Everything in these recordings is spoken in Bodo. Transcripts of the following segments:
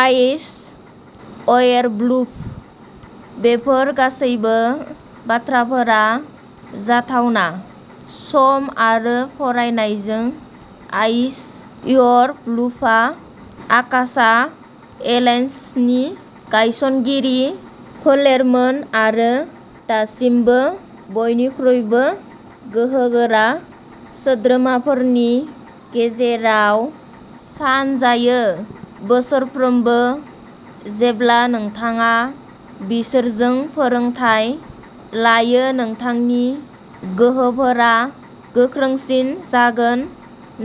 आइस वेयरवुल्फ, बेफोर गासैबो बाथ्राफोरा जाथावना, सम आरो फरायनायजों। आइस वेयरवुल्फआ आकाशा एलायन्सनि गायसनगिरि फोलेरमोन आरो दासिमबो बयनिख्रुइबो गोहोगोरा सोद्रोमाफोरनि गेजेराव सानजायो। बोसोरफ्रोमबो जेब्ला नोंथाङा बिसोरजों फोरोंथाय लायो, नोंथांनि गोहोफोरा गोख्रोंसिन जागोन।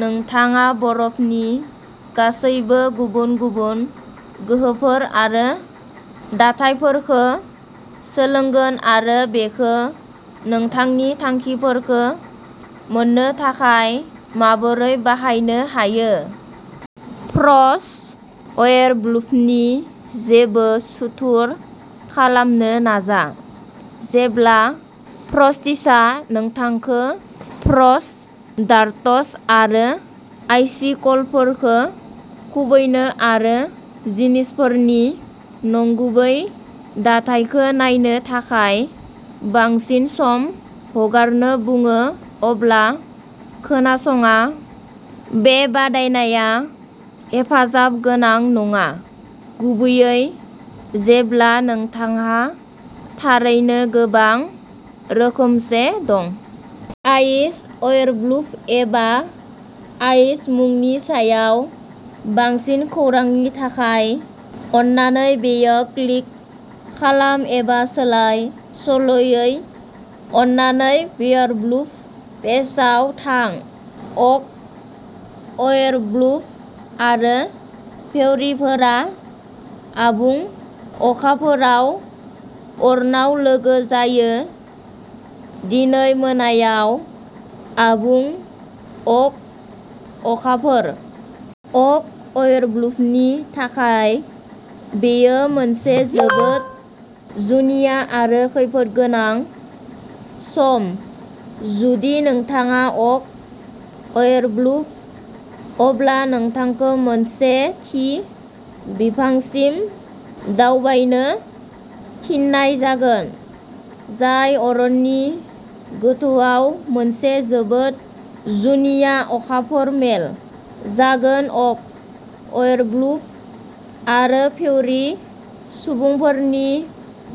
नोंथाङा बरफनि गासैबो गुबुन-गुबुन गोहोफोर आरो दाथायफोरखौ सोलोंगोन आरो बेखौ नोंथांनि थांखिफोरखौ मोन्नो थाखाय माबोरै बाहायनो हायो। फ्रस्ट वेयरवुल्फनि जेबो सुथुर खालामनो नाजा। जेब्ला फ्रस्टिसआ नोंथांखौ फ्रस्ट डार्ट्स आरो आइसिकलफोरखौ खुबैनो आरो जिनिसफोरनि नंगुबै दाथायखौ नायनो थाखाय बांसिन सम हगारनो बुङो अब्ला खोनासङा। बे बादायनाया हेफाजाब गोनां नङा, गुबैयै जेब्ला नोंथांहा थारैनो गोबां रोखोमसे दं। आइस वेयरवुल्फ एबा आइस मुननि सायाव बांसिन खौरांनि थाखाय अन्नानै बेयाव क्लिक खालाम एबा सोलाय-सोल'यै अन्नानै वेयरवुल्फ पेजआव थां। ओक वेयरवुल्फ आरो फेयरीफोरा आबुं अखाफोरआव अरनाव लोगो जायो। दिनै मोनायाव आबुं अक अखाफोर। अक वेयरवुल्फनि थाखाय बेयो मोनसे जोबोद जुनिया आरो खैफोदगोनां सम। जुदि नोंथाङा अक वेयरवुल्फ, अब्ला नोंथांखौ मोनसे थि बिफांसिम दावबायनो थिननाय जागोन, जाय अरननि गोथौआव मोनसे जोबोद जुनिया अखाफोर मेल जागोन। अक वेयरवुल्फ आरो फेयरी सुबुंफोरनि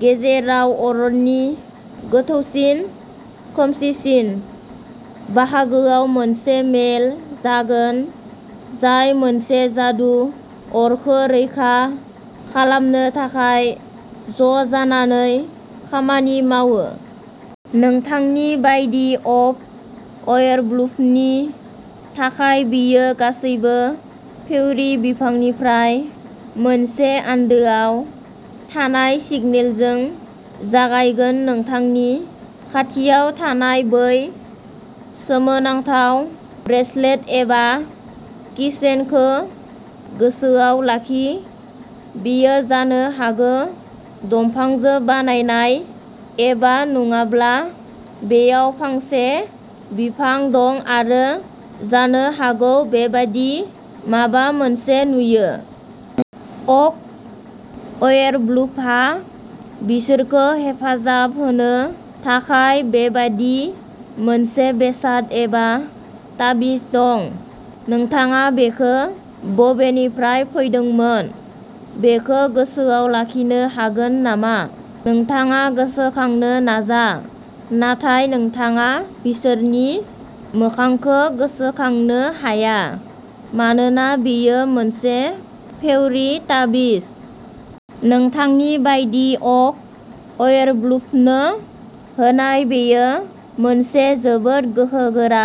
गेजेराव अरननि गोथौसिन, खोमसिसिन बाहागोआव मोनसे मेल जागोन, जाय मोनसे जादु अरखौ रैखा खालामनो थाखाय ज'जानानै खामानि मावो। नोंथांनि बायदि अक वेयरवुल्फनि थाखाय, बेयो गासैबो फेयरी बिफांनिफ्राय मोनसे आन्दोआव थानाय सिगनेलजों जागायगोन। नोंथांनि खाथियाव थानाय बै सोमोनांथाव ब्रेसलेट एबा कीचेनखौ गोसोआव लाखि? बेयो जानो हागौ दंफांजों बानायनाय एबा नङाब्ला बेयाव फांसे बिफां दं आरो जानो हागौ बेबादि माबा मोनसे नुयो? अक वेयरवुल्फहा बिसोरखौ हेफाजाब होनो थाखाय बेबादि मोनसे बेसाद एबा तावीज दं। नोंथाङा बेखौ बबेनिफ्राय फैदोंमोन बेखौ गोसोआव लाखिनो हागोन नामा? नोंथाङा गोसोखांनो नाजा नाथाय नोंथाङा बिसोरनि मोखांखौ गोसोखांनो हाया। मानोना बेयो मोनसे फेयरी तावीज। नोंथांनि बायदि अक वेयरवुल्फनो होनाय, बेयो मोनसे जोबोद गोहोगोरा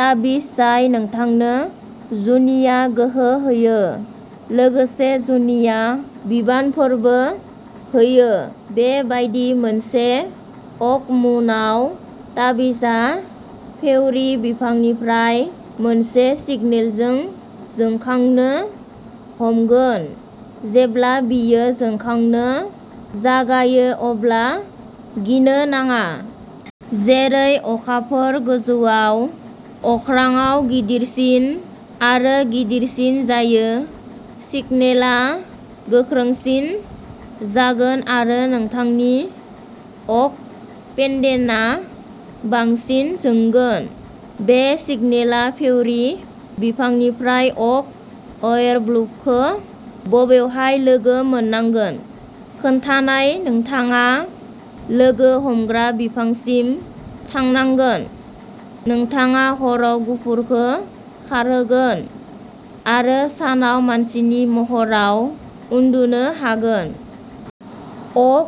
तावीज जाय नोंथांनो जुनिया गोहो होयो, लोगोसे जुनिया बिबानफोरबो होयो। बे बायदि मोनसे अक मुनआव तावीजआ फेयरी बिफांनिफ्राय मोनसे सिगनेलजों जोंखांनो हमगोन। जेब्ला बेयो जोंखांनो जागायो अब्ला गिनो नाङा। जेरै अखाफोरा गोजौआव अख्रांआव गिदिरसिन आरो गिदिरसिन जायो, सिगनेलआ गोख्रोंसिन जागोन आरो नोंथांनि अक पेन्डेन्टआ बांसिन जोंगोन। बे सिगनेलआ फेयरी बिफांनिफ्राय अक वेयरवुल्फखौ बबेहाय लोगो मोननांगोन खोन्थानाय। नोंथाङा लोगो हमग्रा बिफांसिम थांनांगोन। नोंथाङा हराव गफुरखौ खारहोगोन आरो सानाव मानसिनि महराव उन्दुनो हागोन। अक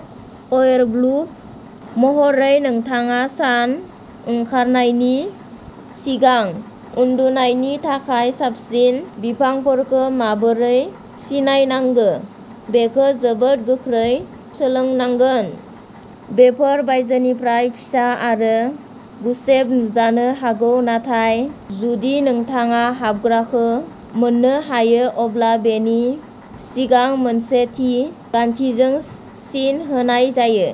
वेयरवुल्फ महरै, नोंथाङा सान ओंखारनायनि सिगां उन्दुनायनि थाखाय साबसिन बिफांफोरखौ माबोरै सिनायनांगौ बेखौ जोबोद गोख्रै सोलोंनांगोन। बेफोर बायजोनिफ्राय फिसा आरो गुसेब नुजानो हागौ नाथाय जुदि नोंथाङा हाबग्राखौ मोन्नो हायो, अब्ला बेनि सिगां मोनसे थि गान्थिजों सिन होनाय जायो।